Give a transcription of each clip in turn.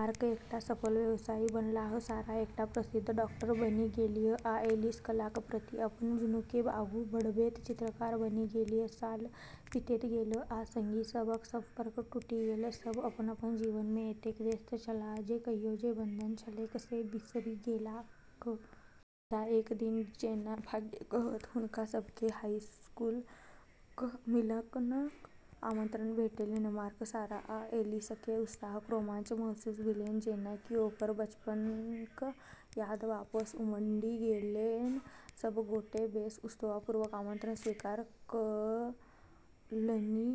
Mark एकटा सफल व्यवसायी बनलाह, सारा एकटा प्रसिद्ध डॉक्टर बनि गेलीह, आ ऐलिस कलाक प्रति अपन जुनूनकेँ आगू बढ़बैत चित्रकार बनि गेलीह। साल बीतैत गेल, आ संगी सभक संपर्क टूटि गेल। सभ अपन-अपन जीवन मे एतेक व्यस्त छलाह जे कहियो जे बंधन छलैन से बिसरि गेलाह। मुदा एक दिन जेना भाग्य कहत, हुनका सभकेँ हाई स्कूलक मिलनक आमंत्रण भेटलैन। मार्क, सारा आ ऐलिसकेँ उत्साहक रोमांच महसूस भेलैन, जेना कि ओकर बचपनक याद वापस उमड़ि गेलैन। सभ गोटे बेस उत्सुकतापूर्वक आमंत्रण स्वीकार कएलनि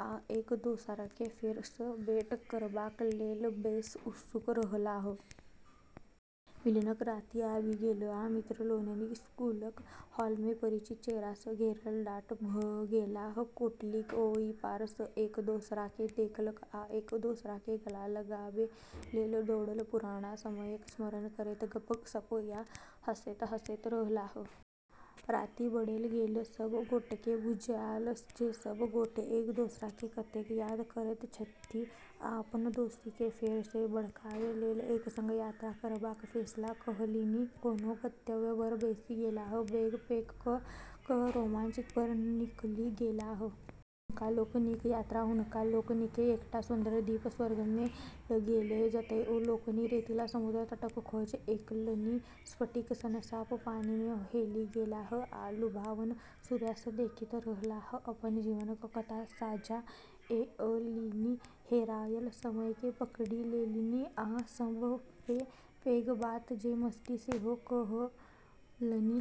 आ एक दोसराकेँ फेर सँ भेंट करबाक लेल बेस उत्सुक रहलाह। मिलनक राति आबि गेल, आ मित्र लोकनि स्कूलक हॉल मे, परिचित चेहरा सँ घेरल ठाढ़ भऽ गेलाह। कोठलीक ओहि पार सँ एक दोसराकेँ देखलक आ एक दोसराकेँ गला लगाबै लेल दौड़ल। पुरना समयक स्मरण करैत गप्प-सप्प आ हँसैत-हँसैत रहलाह। राति बढ़ैत गेलै, सभ गोटेकेँ बुझायल जे सभ गोटे एक दोसराकेँ कतेक याद करैत छथि आ अपन दोस्तीकेँ फेर सँ भड़काबै लेल एक संग यात्रा करबाक फैसला कएलनि। कोनो गंतव्य पर बैसि गेलाह, बैग पैक कऽ कऽ रोमांच पर निकलि गेलाह। हुनका लोकनिक यात्रा हुनका लोकनिकेँ एकटा सुन्दर द्वीप स्वर्ग मे लऽ गेलैन, जतय ओ लोकनि रेतीला समुद्र तटक खोज कएलनि, स्फटिक सन साफ पानि मे हेलि गेलाह आ लुभावन सूर्यास्त देखैत रहलाह। अपन जीवनक कथा साझा कएलनि, हेरायल समयकेँ पकड़ि लेलनि, आ सभ सँ पैघ बात जे मस्ती सेहो कएलनि।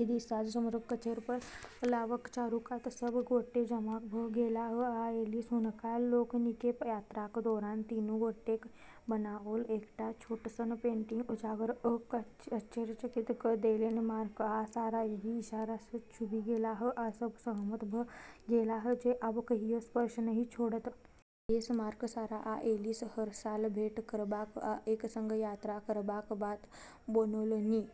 एक दिन साँझ समुद्रक कछेर पर अलावक चारूकात सभ गोटे जमा भऽ गेलाह आ ऐलिस हुनका लोकनिकेँ यात्राक दौरान तीनू गोटेक बनाओल एकटा छोट सन पेंटिंग उजागर कऽ आश्चर्यचकित कऽ देलैन। मार्क आ सारा एहि इशारा सँ छूबि गेलाह, आ सभ सहमत भऽ गेलाह जे आब कहियो स्पर्श नहि छोड़त। तहिया सँ मार्क, सारा आ ऐलिस हर साल भेंट करबाक आ एक संग यात्रा करबाक बात बनौलनि।